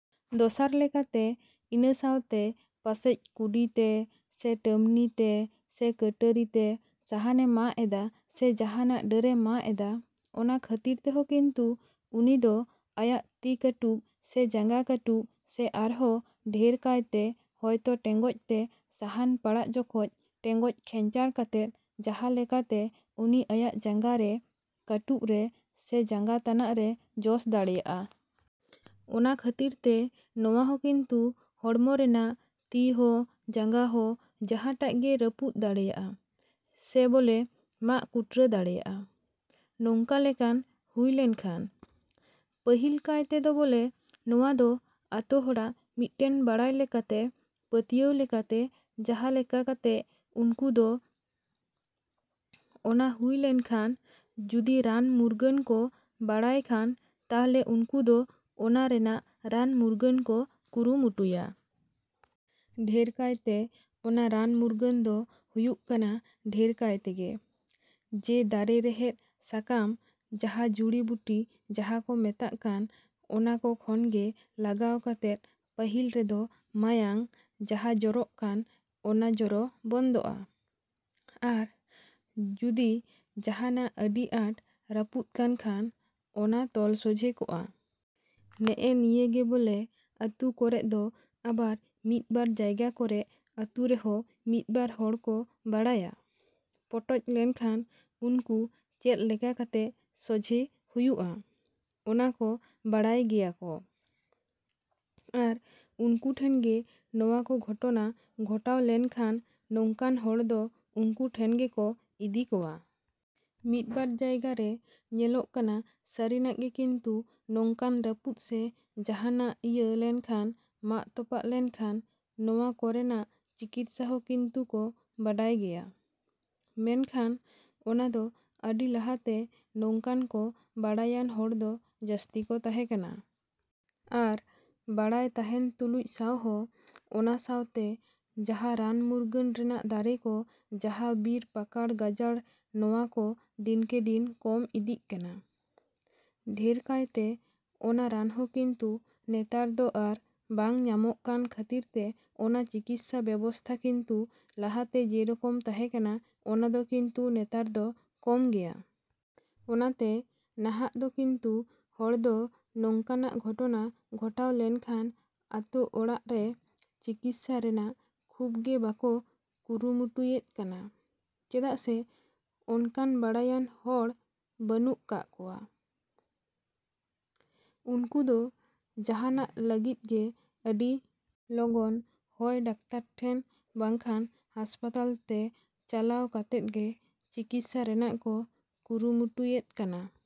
ᱫᱚᱥᱟᱨ ᱞᱮᱠᱟᱛᱮ ᱤᱱᱟᱹ ᱥᱟᱶᱛᱮ ᱯᱟᱥᱮᱡ ᱠᱩᱰᱤ ᱛᱮ ᱥᱮ ᱴᱟᱹᱢᱱᱤ ᱛᱮ ᱥᱮ ᱠᱟᱹᱴᱟᱹᱨᱤ ᱛᱮ ᱥᱟᱦᱟᱱᱮ ᱢᱟᱜ ᱮᱫᱟ ᱥᱮ ᱡᱟᱸᱦᱟᱱᱟᱜ ᱰᱟᱹᱨᱼᱮ ᱢᱟᱜ ᱮᱫᱟ, ᱚᱱᱟ ᱠᱷᱟᱹᱛᱤᱨ ᱛᱮᱦᱚᱸ ᱠᱤᱱᱛᱩ ᱩᱱᱤ ᱫᱚ ᱟᱭᱟᱜ ᱛᱤ ᱠᱟᱹᱴᱩᱵ ᱥᱮ ᱡᱟᱸᱜᱟ ᱠᱟᱹᱴᱩᱵ ᱥᱮ ᱟᱨᱦᱚᱸ ᱰᱷᱮᱨ ᱠᱟᱭᱛᱮ ᱦᱚᱭᱛᱚ ᱴᱮᱸᱜᱚᱡ ᱛᱮ ᱥᱟᱦᱟᱱ ᱯᱟᱲᱟᱜ ᱡᱚᱠᱷᱚᱡ ᱴᱮᱸᱜᱚᱡ ᱠᱷᱮᱧᱪᱚᱲ ᱠᱟᱛᱮᱫ ᱡᱟᱸᱦᱟ ᱞᱮᱠᱟᱛᱮ ᱩᱱᱤ ᱟᱭᱟᱜ ᱡᱟᱸᱜᱟ ᱨᱮ ᱠᱟᱹᱴᱩᱵ ᱨᱮ ᱥᱮ ᱡᱟᱸᱜᱟ ᱛᱟᱱᱟᱜ ᱨᱮ ᱡᱚᱥ ᱫᱟᱲᱮᱭᱟᱜᱼᱟ᱾ ᱚᱱᱟ ᱠᱷᱟᱹᱛᱤᱨ ᱛᱮ ᱱᱚᱣᱟ ᱦᱚᱸ ᱠᱤᱱᱛᱩ ᱦᱚᱲᱢᱚ ᱨᱮᱱᱟᱜ ᱛᱤ ᱦᱚᱸ ᱡᱟᱸᱜᱟ ᱦᱚᱸ ᱡᱟᱸᱦᱟᱴᱟᱜ ᱜᱮ ᱨᱟᱹᱯᱩᱫ ᱫᱟᱲᱮᱭᱟᱜ ᱥᱮ ᱵᱚᱞᱮ ᱢᱟᱜ ᱠᱩᱴᱨᱟᱹ ᱫᱟᱲᱮᱭᱟᱜᱼᱟ ᱱᱚᱝᱠᱟ ᱞᱮᱠᱟᱱ ᱦᱩᱭ ᱞᱮᱱᱠᱷᱟᱱ᱾ ᱯᱟᱹᱦᱤᱞ ᱠᱟᱭ ᱛᱮᱫᱚ ᱵᱚᱞᱮ ᱱᱚᱣᱟ ᱫᱚ ᱟᱛᱳ ᱦᱚᱲᱟᱜ ᱢᱤᱫᱴᱮᱱ ᱵᱟᱲᱟᱭ ᱞᱮᱠᱟᱛᱮ, ᱯᱟᱹᱛᱭᱟᱹᱣ ᱞᱮᱠᱟᱛᱮ ᱡᱟᱸᱦᱟ ᱞᱮᱠᱟ ᱠᱟᱛᱮ ᱩᱱᱠᱩ ᱫᱚ ᱚᱱᱟ ᱦᱩᱭ ᱞᱮᱱᱠᱷᱟᱱ ᱡᱩᱫᱤ ᱨᱟᱱ ᱢᱩᱨᱜᱟᱹᱱ ᱠᱚ ᱵᱟᱲᱟᱭ ᱠᱷᱟᱱ ᱛᱟᱦᱞᱮ ᱩᱱᱠᱩ ᱫᱚ ᱚᱱᱟ ᱨᱮᱱᱟᱜ ᱨᱟᱱ ᱢᱩᱨᱜᱟᱹᱱ ᱠᱚ ᱠᱩᱨᱩᱢᱩᱴᱩᱭᱟ᱾ ᱰᱷᱮᱨ ᱠᱟᱭᱛᱮ ᱚᱱᱟ ᱨᱟᱱ ᱢᱩᱨᱜᱟᱹᱱ ᱫᱚ ᱦᱩᱭᱩᱜ ᱠᱟᱱᱟ ᱰᱷᱮᱨ ᱠᱟᱭ ᱛᱮᱜᱮ ᱡᱮ ᱫᱟᱨᱮ ᱨᱮᱦᱮᱫ ᱥᱟᱠᱟᱢ ᱡᱟᱸᱦᱟ ᱡᱩᱲᱤ ᱵᱩᱴᱤ ᱡᱟᱸᱦᱟ ᱠᱚ ᱢᱮᱛᱟᱜ ᱠᱟᱱ, ᱚᱱᱟ ᱠᱚ ᱠᱷᱚᱱ ᱜᱮ ᱞᱟᱜᱟᱣ ᱠᱟᱛᱮᱫ ᱯᱟᱹᱦᱤᱞ ᱨᱮᱫᱚ ᱢᱟᱭᱟᱝ ᱡᱟᱸᱦᱟ ᱡᱚᱨᱚᱜ ᱠᱟᱱ ᱚᱱᱟ ᱢᱟᱭᱟᱝ ᱡᱚᱨᱚ ᱵᱚᱱᱫᱚᱜᱼᱟ ᱟᱨ ᱡᱩᱫᱤ ᱡᱟᱸᱦᱟᱱᱟᱜ ᱟᱹᱰᱤ ᱟᱸᱴ ᱨᱟᱹᱯᱩᱫ ᱠᱟᱱ ᱠᱷᱟᱱ ᱚᱱᱟ ᱛᱚᱞ ᱥᱚᱡᱷᱮ ᱠᱟᱜᱼᱟ᱾ ᱱᱮᱜᱼᱮ ᱱᱤᱭᱟᱹ ᱜᱮ ᱵᱚᱞᱮ ᱟᱹᱛᱩ ᱠᱚᱨᱮ ᱫᱚ ᱟᱵᱟᱨ ᱢᱤᱫᱵᱟᱨ ᱡᱟᱭᱜᱟ ᱠᱚᱨᱮ ᱟᱹᱛᱩ ᱨᱮᱦᱚᱸ ᱢᱤᱫ ᱵᱟᱨ ᱦᱚᱲ ᱠᱚ ᱵᱟᱲᱟᱭᱟ ᱯᱚᱴᱚᱡ ᱞᱮᱱᱠᱷᱟᱱ ᱩᱱᱠᱩ ᱪᱮᱫ ᱞᱮᱠᱟ ᱠᱟᱛᱮᱫ ᱥᱚᱡᱷᱮ ᱦᱩᱭᱩᱜᱼᱟ ᱚᱱᱟ ᱠᱚ ᱵᱟᱲᱟᱭ ᱜᱮᱭᱟ ᱠᱚ᱾ ᱟᱨ ᱩᱱᱠᱩ ᱴᱷᱮᱱ ᱜᱮ ᱱᱚᱣᱟ ᱠᱚ ᱜᱷᱚᱴᱚᱱᱟ ᱜᱷᱚᱴᱟᱣ ᱞᱮᱱᱠᱷᱟᱱ, ᱱᱚᱝᱠᱟᱱ ᱦᱚᱲ ᱫᱚ ᱩᱱᱠᱩ ᱴᱷᱮᱱ ᱜᱮᱠᱚ ᱤᱫᱤ ᱠᱚᱣᱟ᱾ ᱢᱤᱫᱵᱟᱨ ᱡᱟᱭᱜᱟᱨᱮ ᱧᱮᱞ ᱠᱟᱱᱟ ᱥᱟᱹᱨᱤᱱᱟᱜ ᱜᱮ ᱠᱤᱱᱛᱩ ᱱᱚᱝᱠᱟᱱ ᱨᱟᱹᱯᱩᱫ ᱥᱮ ᱡᱟᱸᱦᱟᱱᱟᱜ ᱤᱭᱟᱹ ᱞᱮᱱᱠᱷᱟᱱ ᱢᱟᱜ ᱛᱚᱯᱟᱜ ᱞᱮᱱᱠᱷᱟᱱ ᱱᱚᱣᱟ ᱠᱚᱨᱮᱱᱟᱜ ᱪᱤᱠᱤᱛᱥᱟ ᱦᱚᱸ ᱠᱤᱱᱛᱩ ᱠᱚ ᱵᱟᱰᱟᱭ ᱜᱮᱭᱟ᱾ ᱢᱮᱱᱠᱷᱟᱱ ᱚᱱᱟᱫᱚ ᱟᱹᱰᱤ ᱞᱟᱦᱟᱛᱮ ᱱᱚᱝᱠᱟᱱ ᱠᱚ ᱵᱟᱲᱟᱭᱟᱱ ᱦᱚᱲ ᱫᱚ ᱡᱟᱹᱥᱛᱤ ᱠᱚ ᱛᱟᱸᱦᱮ ᱠᱟᱱᱟ᱾ ᱟᱨ ᱵᱟᱲᱟᱭ ᱛᱟᱸᱦᱮᱱ ᱛᱩᱞᱩᱡ ᱥᱟᱶᱦᱚᱸ ᱚᱱᱟ ᱥᱟᱶᱛᱮ ᱡᱟᱸᱦᱟ ᱨᱟᱱ ᱢᱩᱨᱜᱟᱹᱱ ᱨᱮᱱᱟᱜ ᱫᱟᱨᱮ ᱠᱚ ᱡᱟᱸᱦᱟ ᱵᱤᱨ ᱯᱟᱠᱟᱲ ᱜᱟᱡᱟᱲ ᱱᱚᱣᱟ ᱠᱚ ᱫᱤᱱᱠᱮ ᱫᱤᱱ ᱠᱚᱢ ᱤᱫᱤᱜ ᱠᱟᱱᱟ᱾ ᱰᱷᱮᱨ ᱠᱟᱭᱛᱮ ᱚᱱᱟ ᱨᱟᱱᱦᱚᱸ ᱠᱤᱱᱛᱩ ᱱᱮᱛᱟᱨ ᱫᱚ ᱟᱨ ᱵᱟᱝ ᱧᱟᱢᱚᱜ ᱠᱟᱱ ᱠᱷᱟᱹᱛᱤᱨ ᱛᱮ ᱚᱱᱟ ᱪᱤᱠᱤᱛᱥᱟ ᱵᱮᱵᱚᱥᱛᱷᱟ ᱠᱤᱱᱛᱩ ᱞᱟᱦᱟᱛᱮ ᱡᱮᱨᱚᱠᱚᱢ ᱛᱟᱸᱦᱮ ᱠᱟᱱᱟ ᱚᱱᱟ ᱫᱚ ᱠᱤᱱᱛᱩ ᱱᱮᱛᱟᱨ ᱫᱚ ᱠᱚᱢ ᱜᱮᱭᱟ᱾ ᱚᱱᱟᱛᱮ ᱱᱟᱦᱟᱜ ᱫᱚ ᱠᱤᱱᱛᱩ ᱦᱚᱲ ᱫᱚ ᱱᱚᱝᱠᱟᱱᱟᱜ ᱜᱷᱚᱴᱚᱱᱟ ᱜᱷᱚᱴᱟᱣ ᱞᱮᱱᱠᱷᱟᱱ ᱟᱛᱳ ᱚᱲᱟᱜ ᱨᱮ ᱪᱤᱠᱤᱛᱥᱟ ᱨᱮᱱᱟᱜ ᱠᱷᱩᱵᱽ ᱜᱮ ᱵᱟᱠᱚ ᱠᱩᱨᱩᱢᱩᱴᱩᱭᱮᱫ ᱠᱟᱱᱟ ᱪᱮᱫᱟᱜ ᱥᱮ ᱚᱱᱠᱟᱱ ᱵᱟᱲᱟᱭᱟᱱ ᱦᱚᱲ ᱵᱟᱹᱱᱩᱜ ᱠᱟᱜ ᱠᱚᱣᱟ᱾ ᱩᱱᱠᱩ ᱫᱚ ᱡᱟᱸᱦᱟᱱᱟᱜ ᱞᱟᱹᱜᱤᱫ ᱜᱮ ᱟ.ᱰᱤ ᱞᱚᱜᱚᱱ ᱦᱚᱭ ᱰᱟᱠᱴᱚᱨ ᱴᱷᱮᱱ ᱵᱟᱠᱷᱟᱱ ᱦᱟᱥᱯᱟᱛᱟᱞ ᱛᱮ ᱪᱟᱞᱟᱣ ᱠᱟᱛᱮᱫ ᱜᱮ ᱪᱤᱠᱤᱛᱥᱟ ᱨᱮᱭᱟᱜ ᱠᱚ ᱠᱩᱨᱩᱢᱩᱴᱩᱭᱮᱫ ᱠᱟᱱᱟ᱾।